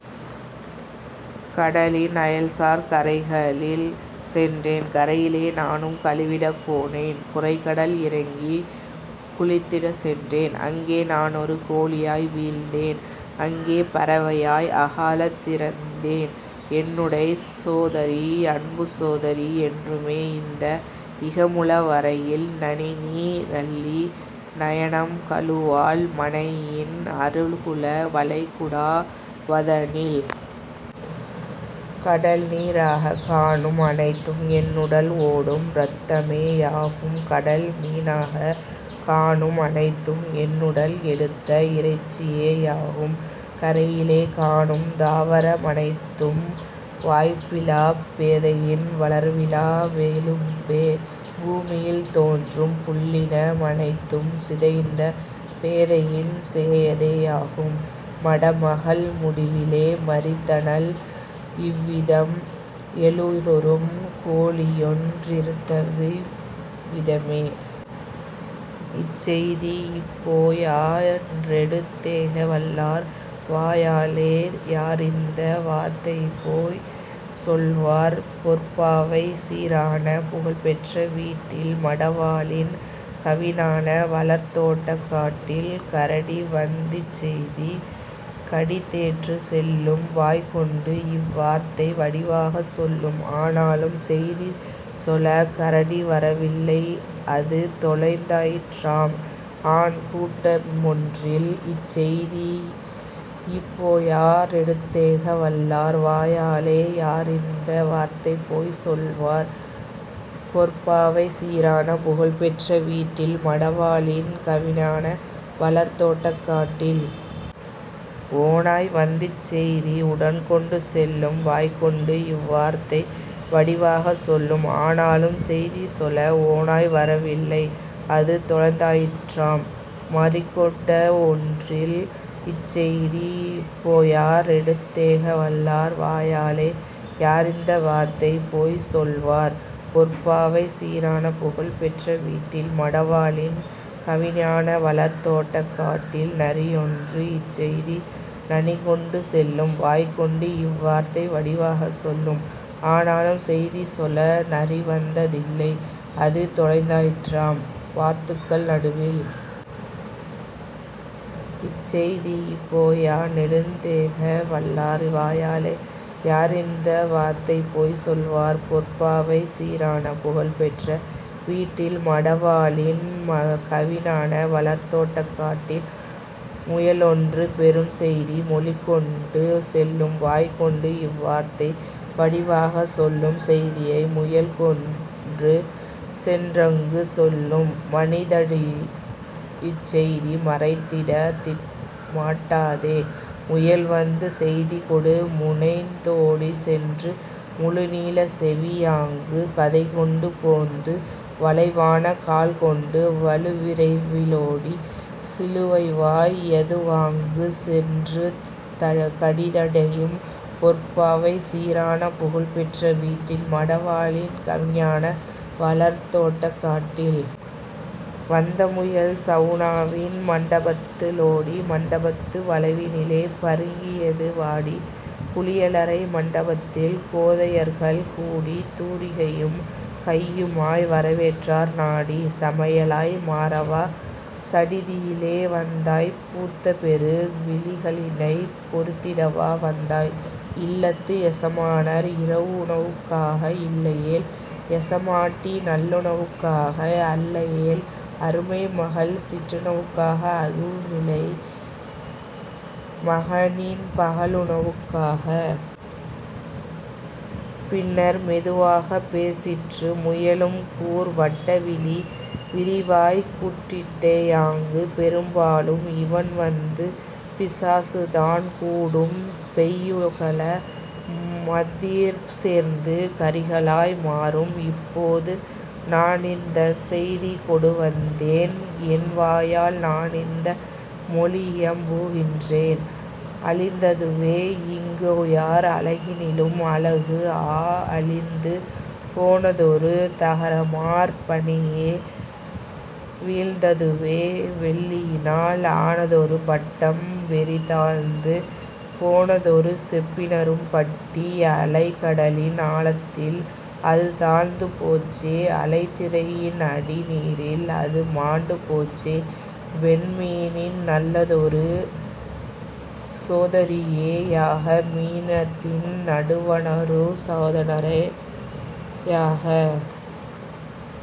கடலின் அயல்சார் கரைகளிற் சென்றேன். கரையிலே நானும் கழுவிடப் போனேன் குரைகடல் இறங்கிக் குளித்திடச் சென்றேன் அங்கே நானொரு கோழியாய் வீழ்ந்தேன் அங்கே பறவையாய் அகாலத் திறந்தேன் என்னுடைச் சோதரி அன்புச் சோதரி என்றுமே இந்த இகமுள வரையில் நனிநீ ரள்ளி நயனம் கழுவாள் மனையின் அருகுள வளைகுடா வதனில். கடல்நீ ராகக் காணும் அனைத்தும் என்னுடல் ஓடும் இரத்தமே யாகும் கடல்மீ னாகக் காணும் அனைத்தும் என்னுடல் எடுத்த இறைச்சியே யாகும் கரையிலே காணும் தாவர மனைத்தும் வாய்ப்பிலாப் பேதையின் வளர்விலா வெலும்பே பூமியில் தோன்றும் புல்லின மனைத்தும் சிதைந்த பேதையின் சிகையதே யாகும். " மடமகள் முடிவிலே மரித்தனள் இவ்விதம் எழிலுறும் கோழியொன் றிறந்ததிவ் விதமே. இச்செய்தி யிப்போயா ரெடுத்தேக வல்லார் வாயாலே யாரிந்த வார்த்தைபோய்ச் சொல்வார் பொற்பாவை சீரான புகழ்பெற்ற வீட்டில் மடவாளின் கவினான வளர்தோட்டக் காட்டில்? கரடிவந் திச்செய்தி கடிதேற்றுச் செல்லும் வாய்கொண்டு இவ்வார்த்தை வடிவாகச் சொல்லும் ஆனாலும் செய்திசொலக் கரடிவர வில்லை அதுதொலைந் தாயிற்றாம் ஆன்கூட்ட மொன்றில். இச்செய்தி யிப்போயா ரெடுத்தேக வல்லார் வாயாலே யாரிந்த வார்த்தைபோய்ச் சொல்வார் பொற்பாவை சீரான புகழ்பெற்ற வீட்டில் மடவாளின் கவினான வளர்தோட்டக் காட்டில்? ஓநாய்வந் திச்செய்தி உடன்கொண்டு செல்லும் வாய்கொண்டு இவ்வார்த்தை வடிவாகச் சொல்லும் ஆனாலும் செய்திசொல ஓநாய்வர வில்லை அதுதொலைந் தாயிற்றாம் மறிக்கூட்ட மொன்றில். இச்செய்தி யிப்போயா ரெடுத்தேக வல்லார் வாயாலே யாரிந்த வார்த்தைபோய்ச் சொல்வார் பொற்பாவை சீரான புகழ்பெற்ற வீட்டில் மடவாளின் கவினான வளர்தோட்டக் காட்டில்? நரியொன்று இச்செய்தி நனிகொண்டு செல்லும் வாய்கொண்டு இவ்வார்த்தை வடிவாகச் சொல்லும் ஆனாலும் செய்திசொல நரிவந்த தில்லை அதுதொலைந் தாயிற்றாம் வாத்துக்கள் நடுவில். இச்செய்தி யிப்போயா ரெடுத்தேக வல்லார் வாயாலே யாரிந்த வார்த்தைபோய்ச் சொல்வார் பொற்பாவை சீரான புகழ்பெற்ற வீட்டில் மடவாளின் கவினான வளர்தோட்டக் காட்டில்? முயலொன்று பெறும்செய்தி மொழிகொண்டு செல்லும் வாய்கொண்டு இவ்வார்த்தை வடிவாகச் சொல்லும் செய்தியது முயல்கொண்டு சென்றங்கு சொல்லும்: "மனிதரிடை இச்செய்தி மறைந்திட மாட்டாதே. " முயல்வந்து செய்திகொடு முனைந்தோடிச் சென்று 'முழுநீளச் செவி' யாங்கு கதைகொண்டு போந்து வளைவான கால்கொண்டு வலுவிரைவி லோடி 'சிலுவைவாய்' யதுவாங்கு சென்றுகடி தடையும் பொற்பாவை சீரான புகழ்பெற்ற வீட்டில் மடவாளின் கவினான வளர்தோட்டக் காட்டில். வந்தமுயல் சவுனாவின் மண்டபத்து ளோடி மண்டபத்து வளைவினிலே பருங்கியது வாடி. குளியலறை மண்டபத்தில் கோதையர்கள் கூடி தூரிகையும் கையுமாய் வரவேற்றார் நாடி: "சமையலாய் மாறவா சடிதியிலே வந்தாய் பூத்தபெரு விழிகளினைப் பொரித்திடவா வந்தாய் இல்லத்து எசமானர் இரவுணவுக் காக இல்லையேல் எசமாட்டி நல்லுணவுக் காக அல்லையேல் அருமைமகள் சிற்றுணவுக் காக அதுவுமிலை யேல்மகனின் பகலுணவுக் காக? " பின்னர் மெதுவாகப் பேசிற்று முயலும் கூர் 'வட்ட விழி' விரிவாய்க் கூறிற்றே யாங்கு: "பெரும்பாலும் இவண்வந்து பிசாசுதான் கூடும் பெய்யுகல மதிற்சேர்ந்து கறிகளாய் மாறும்; இப்போது நானிந்தச் செய்திகொடு வந்தேன் என்வாயால் நானிந்த மொழியியம்பு கின்றேன். அழிந்ததுவே இங்கோயோர் அழகினிலும் அழகு ஆ, அழிந்து போனதொரு தகரமார் பணியே வீழ்ந்ததுவே வெள்ளியினால் ஆனதொரு பட்டம் வெறிதாழ்ந்து போனதொரு செப்பினரும் பட்டி அலைகடலின் ஆழத்தில் அதுதாழ்ந்து போச்சே அலைதிரையின் அடிநீரில் அதுமாண்டு போச்சே வெண்மீனின் நல்லதொரு சோதரியே யாக மீனினத்தின் நடுவணொரு சோதரனே யாக.